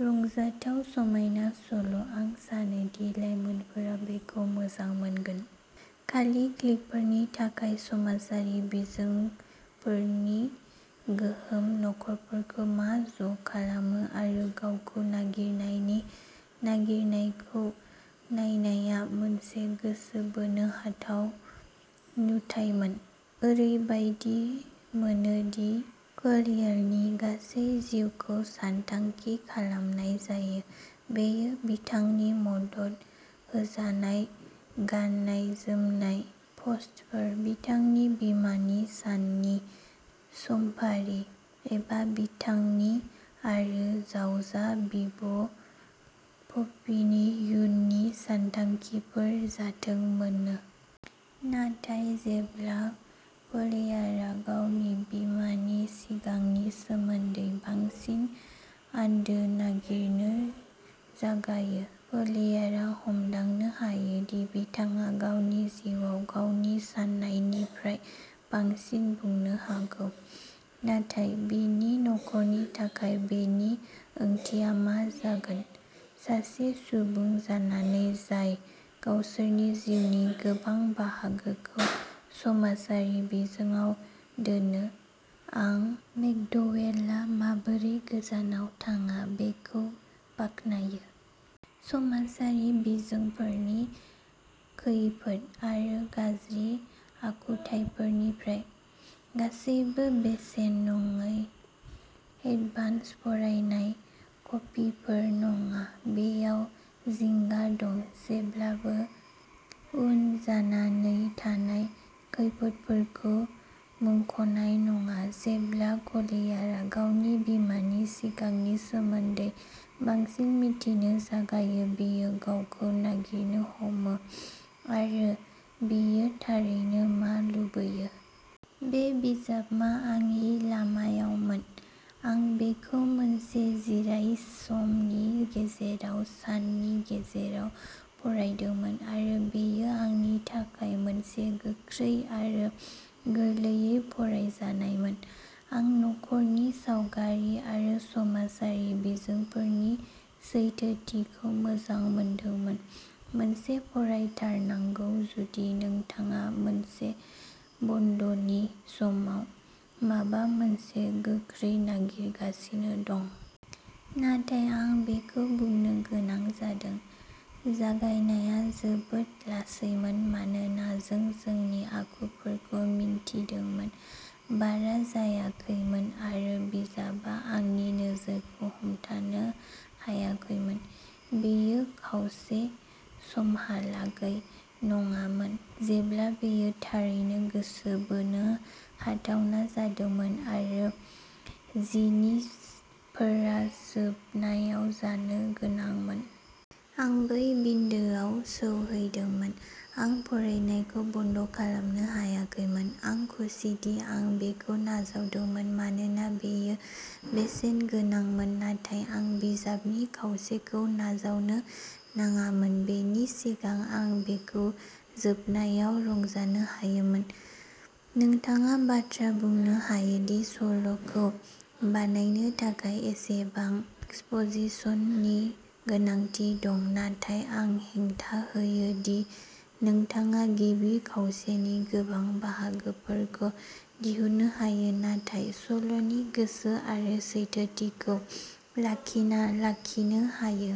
रंजाथाव, समायना सल'। आं सानोदि लाइमोनफोरा बेखौ मोजां मोनगोन। खालि क्लिकफोरनि थाखाय समाजारि बिजोंफोरनि गोहोम, नखरफोरखौ मा ज'खालामो, आरो गावखौ नागिरनायनि नागिरनायखौ नायनाया मोनसे गोसो बोनो हाथाव नुथायमोन। ओरैबायदि मोनोदि क्लेयारनि गासै जिउखौ सानथांखि खालामनाय जायो, बेयो बिथांनि मदद होजानाय गाननाय-जोमनाय पस्टफोर, बिथांनि बिमानि साननि समफारि, एबा बिथांनि आरो जावजा बिब'पपिनि इयुननि सानथांखिफोर जाथों मानो। नाथाय जेब्ला क्लेयारआ गावनि बिमानि सिगांनि सोमोन्दै बांसिन आन्दो नागिरनो जागायो, क्लेयारआ हमदांनो हायो दि बिथाङा गावनि जिउआव गावनि सान्नायनिफ्राय बांसिन बुंनो हागौ। नाथाय बिनि नखरनि थाखाय बेनि ओंथिया मा जागोन? सासे सुबुं जानानै जाय गावसोरनि जिउनि गोबां बाहागोखौ समाजारि बिजोंआव दोनो, आं मेकड'वेलआ माबोरै गोजानाव थाङा बेखौ बाख्नायो। समाजारि बिजोंफोरनि खैफोद आरो गाज्रि आखुथायफोरनिफ्राय। गासैबो बेसेन नाङै एडभान्स फरायनाय कपिफोर नङा, बेयाव जिंगा दं, जेब्लाबो'अन'जानानै थानाय, खैफोदफोरखौ मुंख'नाय नङा। जेब्ला क्लेयारआ गावनि बिमानि सिगांनि सोमोन्दै बांसिन मिथिनो जागायो, बियो गावखौ नागिरनो हमो, आरो बियो थारैनो मा लुबैयो। बे बिजाबआ आंनि लामायावमोन! आं बेखौ मोनसे जिरायसमनि गेजेराव साननि गेजेराव फरायदोंमोन आरो बेयो आंनि थाखाय मोनसे गोख्रै आरो गोरलैयै फरायजानायमोन! आं नखरनि सावगारि आरो समाजारि बिजोंफोरनि सैथोथिखौ मोजां मोनदोंमोन। मोनसे फरायथारनांगौ जुदि नोंथाङा मोनसे बन्द'नि समाव माबा मोनसे गोख्रै नागिरगासिनो दं! नाथाय आं बेखौ बुंनो गोनां जादोंः जागायनाया जोबोद लासैमोन मानोना जों जोंनि आखुफोरखौ मिन्थिदोंमोन। बारा जायाखैमोन, आरो बिजाबआ आंनि नोजोरखौ हमथानो हायाखैमोन। बेयो खावसे समहालागै नङामोन जेब्ला बेयो थारैनो गोसो बोनो हाथावना जादोंमोन आरो जिनिसफोरा जोबनायाव जानो गोनांमोन। आं बै बिन्दोआव सौहैदोंमोन, आं फरायनायखौ बन्द'खालामनो हायाखैमोन। आं खुसिदि आं बेखौ नाजावदोंमोन मानोना बेयो बेसेनगोनांमोन, नाथाय आं बिजाबनि खावसेखौ नाजावनो नाङामोन बेनि सिगां आं बेखौ जोबनायाव रंजानो हायोमोन। नोंथाङा बाथ्रा बुंनो हायोदि सल'खौ बानायनो थाखाय एसेबां एक्सप'जिशननि गोनांथि दं, नाथाय आं हेंथा होयो दि नोंथाङा गिबि खावसेनि गोबां बाहागोफोरखौ दिहुननो हायो, नाथाय सल'नि गोसो आरो सैथोथिखौ लाखिना लाखिनो हायो।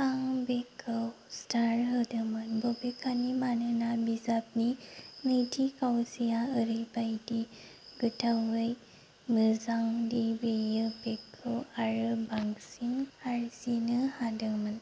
आं बेखौ स्टार होदोंमोन, बबेखानि, मानोना बिजाबनि नैथि खावसेया ओरैबायदि गोथावै मोजां दि बेयो बेखौ आरो बांसिन आर्जिनो हादोंमोन।